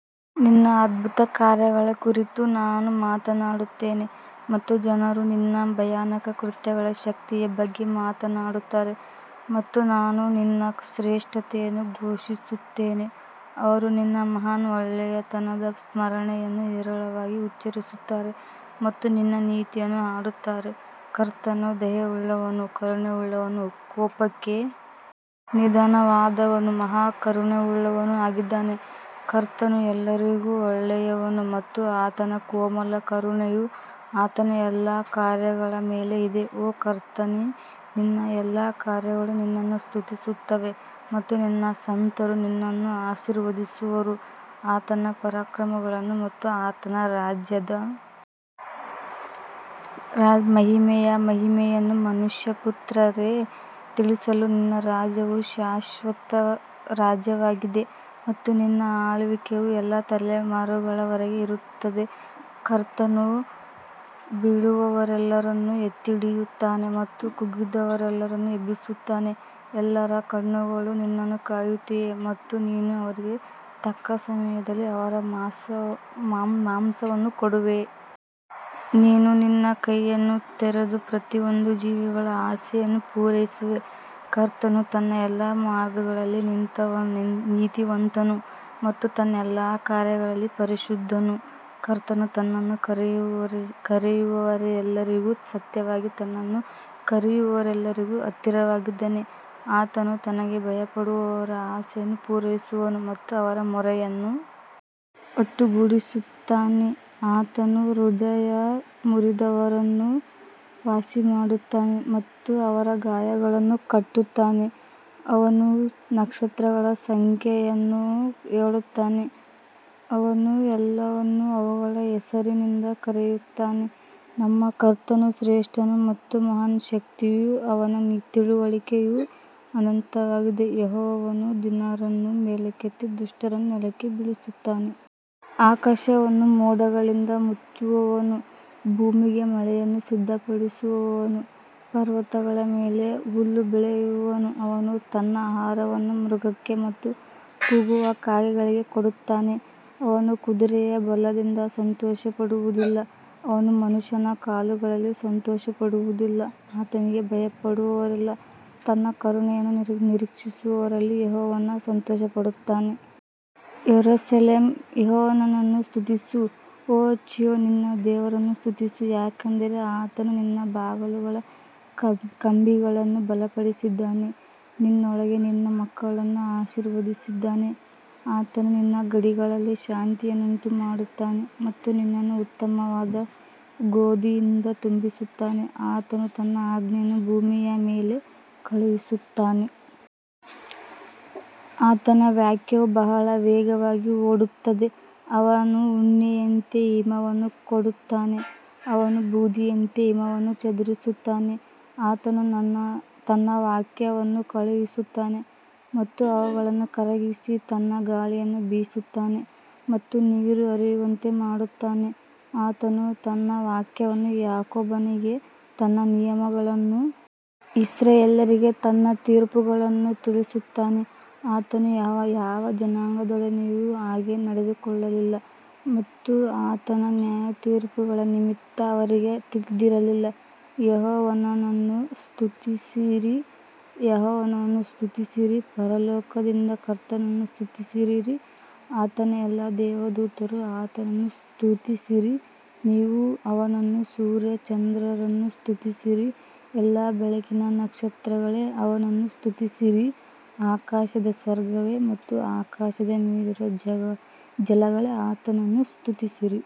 ನಿನ್ನ ಅದ್ಭುತಕಾರ್ಯಗಳ ಕುರಿತು ನಾನು ಮಾತನಾಡುತ್ತೇನೆ ಮತ್ತು ಜನರು ನಿನ್ನ ಭಯಾನಕ ಕೃತ್ಯಗಳ ಶಕ್ತಿಯ ಬಗ್ಗೆ ಮಾತನಾಡುತ್ತಾರೆ ಮತ್ತು ನಾನು ನಿನ್ನ ಶ್ರೇಷ್ಠತೆಯನ್ನು ಘೋಷಿಸುತ್ತೇನೆ ಅವರು ನಿನ್ನ ಮಹಾನ್ ಒಳ್ಳೆಯತನದ ಸ್ಮರಣೆಯನ್ನು ಹೇರಳವಾಗಿ ಉಚ್ಚರಿಸುತ್ತಾರೆ ಮತ್ತು ನಿನ್ನ ನೀತಿಯನ್ನು ಹಾಡುತ್ತಾರೆ ಕರ್ತನು ದಯೆಯುಳ್ಳವನೂ ಕರುಣೆಯುಳ್ಳವನೂ ಕೋಪಕ್ಕೆ ನಿಧಾನವಾದವನೂ ಮಹಾ ಕರುಣೆಯುಳ್ಳವನೂ ಆಗಿದ್ದಾನೆ ಕರ್ತನು ಎಲ್ಲರಿಗೂ ಒಳ್ಳೆಯವನು ಮತ್ತು ಆತನ ಕೋಮಲ ಕರುಣೆಯು ಆತನ ಎಲ್ಲಾ ಕಾರ್ಯಗಳ ಮೇಲೆ ಇದೆ ಓ ಕರ್ತನೇ ನಿನ್ನ ಎಲ್ಲಾ ಕಾರ್ಯಗಳು ನಿನ್ನನ್ನು ಸ್ತುತಿಸುತ್ತವೆ ಮತ್ತು ನಿನ್ನ ಸಂತರು ನಿನ್ನನ್ನು ಆಶೀರ್ವದಿಸುವರು ಆತನ ಪರಾಕ್ರಮಗಳನ್ನು ಮತ್ತು ಆತನ ರಾಜ್ಯದ ಮಹಿಮೆಯ ಮಹಿಮೆಯನ್ನು ಮನುಷ್ಯಪುತ್ರರಿಗೆ ತಿಳಿಸಲು ನಿನ್ನ ರಾಜ್ಯವು ಶಾಶ್ವತ ರಾಜ್ಯವಾಗಿದೆ ಮತ್ತು ನಿನ್ನ ಆಳ್ವಿಕೆಯು ಎಲ್ಲಾ ತಲೆಮಾರುಗಳವರೆಗೆ ಇರುತ್ತದೆ ಕರ್ತನು ಬೀಳುವವರೆಲ್ಲರನ್ನು ಎತ್ತಿ ಹಿಡಿಯುತ್ತಾನೆ ಮತ್ತು ಕುಗ್ಗಿದವರೆಲ್ಲರನ್ನು ಎಬ್ಬಿಸುತ್ತಾನೆ ಎಲ್ಲರ ಕಣ್ಣುಗಳು ನಿನ್ನನ್ನು ಕಾಯುತ್ತಿವೆ ಮತ್ತು ನೀನು ಅವರಿಗೆ ತಕ್ಕ ಸಮಯದಲ್ಲಿ ಅವರ ಮಾಂಸವನ್ನು ಕೊಡುವೆ ನೀನು ನಿನ್ನ ಕೈಯನ್ನು ತೆರೆದು ಪ್ರತಿಯೊಂದು ಜೀವಿಗಳ ಆಸೆಯನ್ನು ಪೂರೈಸುವೆ ಕರ್ತನು ತನ್ನ ಎಲ್ಲಾ ಮಾರ್ಗಗಳಲ್ಲಿ ನೀತಿವಂತನು ಮತ್ತು ತನ್ನ ಎಲ್ಲಾ ಕಾರ್ಯಗಳಲ್ಲಿ ಪರಿಶುದ್ಧನು ಕರ್ತನು ತನ್ನನ್ನು ಕರೆಯುವವರೆಲ್ಲರಿಗೂ ಸತ್ಯವಾಗಿ ತನ್ನನ್ನು ಕರೆಯುವವರೆಲ್ಲರಿಗೂ ಹತ್ತಿರವಾಗಿದ್ದಾನೆ ಆತನು ತನಗೆ ಭಯಪಡುವವರ ಆಸೆಯನ್ನು ಪೂರೈಸುವನು ಮತ್ತು ಅವರ ಮೊರೆಯನ್ನು ಒಟ್ಟುಗೂಡಿಸುತ್ತಾನೆ ಆತನು ಹೃದಯ ಮುರಿದವರನ್ನು ವಾಸಿಮಾಡುತ್ತಾನೆ ಮತ್ತು ಅವರ ಗಾಯಗಳನ್ನು ಕಟ್ಟುತ್ತಾನೆ ಅವನು ನಕ್ಷತ್ರಗಳ ಸಂಖ್ಯೆಯನ್ನು ಹೇಳುತ್ತಾನೆ, ಅವನು ಎಲ್ಲವನ್ನೂ ಅವುಗಳ ಹೆಸರಿನಿಂದ ಕರೆಯುತ್ತಾನೆ ನಮ್ಮ ಕರ್ತನು ಶ್ರೇಷ್ಠನು ಮತ್ತು ಮಹಾನ್ ಶಕ್ತಿಯು ಅವನ ತಿಳುವಳಿಕೆಯು ಅನಂತವಾಗಿದೆ ಯೆಹೋವನು ದೀನರನ್ನು ಮೇಲಕ್ಕೆತ್ತಿ ದುಷ್ಟರನ್ನು ನೆಲಕ್ಕೆ ಬೀಳಿಸುತ್ತಾನೆ ಆಕಾಶವನ್ನು ಮೋಡಗಳಿಂದ ಮುಚ್ಚುವವನು ಭೂಮಿಗೆ ಮಳೆಯನ್ನು ಸಿದ್ಧಪಡಿಸುವವನು ಪರ್ವತಗಳ ಮೇಲೆ ಹುಲ್ಲು ಬೆಳೆಯುವವನು ಅವನು ತನ್ನ ಆಹಾರವನ್ನು ಮೃಗಕ್ಕೆ ಮತ್ತು ಕೂಗುವ ಕಾಗೆಗಳಿಗೆ ಕೊಡುತ್ತಾನೆ ಅವನು ಕುದುರೆಯ ಬಲದಿಂದ ಸಂತೋಷಪಡುವುದಿಲ್ಲ, ಅವನು ಮನುಷ್ಯನ ಕಾಲುಗಳಲ್ಲಿ ಸಂತೋಷಪಡುವುದಿಲ್ಲ ಆತನಿಗೆ ಭಯಪಡುವವರಲ್ಲಿ ತನ್ನ ಕರುಣೆಯನ್ನು ನಿರೀಕ್ಷಿಸುವವರಲ್ಲಿ ಯೆಹೋವನು ಸಂತೋಷಪಡುತ್ತಾನೆ ಯೆರೂಸಲೇಮೇ ಯೆಹೋವನನ್ನು ಸ್ತುತಿಸು ಓ ಚೀಯೋನ್ ನಿನ್ನ ದೇವರನ್ನು ಸ್ತುತಿಸು ಯಾಕಂದರೆ ಆತನು ನಿನ್ನ ಬಾಗಲುಗಳ ಕಂಬಿಗಳನ್ನು ಬಲಪಡಿಸಿದ್ದಾನೆ ನಿನ್ನೊಳಗೆ ನಿನ್ನ ಮಕ್ಕಳನ್ನು ಆಶೀರ್ವದಿಸಿದ್ದಾನೆ ಆತನು ನಿನ್ನ ಗಡಿಗಳಲ್ಲಿ ಶಾಂತಿಯನ್ನುಂಟುಮಾಡುತ್ತಾನೆ ಮತ್ತು ನಿನ್ನನ್ನು ಉತ್ತಮವಾದ ಗೋಧಿಯಿಂದ ತುಂಬಿಸುತ್ತಾನೆ ಆತನು ತನ್ನ ಆಜ್ಞೆಯನ್ನು ಭೂಮಿಯ ಮೇಲೆ ಕಳುಹಿಸುತ್ತಾನೆ ಆತನ ವಾಕ್ಯವು ಬಹಳ ವೇಗವಾಗಿ ಓಡುತ್ತದೆ ಅವನು ಉಣ್ಣೆಯಂತೆ ಹಿಮವನ್ನು ಕೊಡುತ್ತಾನೆ, ಅವನು ಬೂದಿಯಂತೆ ಹಿಮವನ್ನು ಚದುರಿಸುತ್ತಾನೆ ಆತನು ತನ್ನ ವಾಕ್ಯವನ್ನು ಕಳುಹಿಸುತ್ತಾನೆ ಮತ್ತು ಅವುಗಳನ್ನು ಕರಗಿಸಿ ತನ್ನ ಗಾಳಿಯನ್ನು ಬೀಸುತ್ತಾನೆ ಮತ್ತು ನೀರು ಹರಿಯುವಂತೆ ಮಾಡುತ್ತಾನೆ ಆತನು ತನ್ನ ವಾಕ್ಯವನ್ನು ಯಾಕೋಬನಿಗೆ ತನ್ನ ನಿಯಮಗಳನ್ನೂ ಇಸ್ರಾಯೇಲ್ಯರಿಗೆ ತನ್ನ ತೀರ್ಪುಗಳನ್ನೂ ತಿಳಿಸುತ್ತಾನೆ ಆತನು ಯಾವ ಜನಾಂಗದೊಡನೆಯೂ ಹಾಗೆ ನಡೆದುಕೊಳ್ಳಲಿಲ್ಲ ಮತ್ತು ಆತನ ನ್ಯಾಯತೀರ್ಪುಗಳ ನಿಮಿತ್ತ ಅವರಿಗೆ ತಿಳಿದಿರಲಿಲ್ಲ, ಯೆಹೋವನನ್ನು ಸ್ತುತಿಸಿರಿ ಯೆಹೋವನನ್ನು ಸ್ತುತಿಸಿರಿ ಪರಲೋಕದಿಂದ ಕರ್ತನನ್ನು ಸ್ತುತಿಸಿರಿ ಆತನ ಎಲ್ಲಾ ದೇವದೂತರು ಆತನನ್ನು ಸ್ತುತಿಸಿರಿ ನೀವು ಅವನನ್ನು ಸೂರ್ಯ ಚಂದ್ರರನ್ನು ಸ್ತುತಿಸಿರಿ, ಎಲ್ಲಾ ಬೆಳಕಿನ ನಕ್ಷತ್ರಗಳೇ ಅವನನ್ನು ಸ್ತುತಿಸಿರಿ ಆಕಾಶದ ಸ್ವರ್ಗವೇ ಮತ್ತು ಆಕಾಶದ ಮೇಲಿರುವ ಜಲಗಳೇ ಆತನನ್ನು ಸ್ತುತಿಸಿರಿ.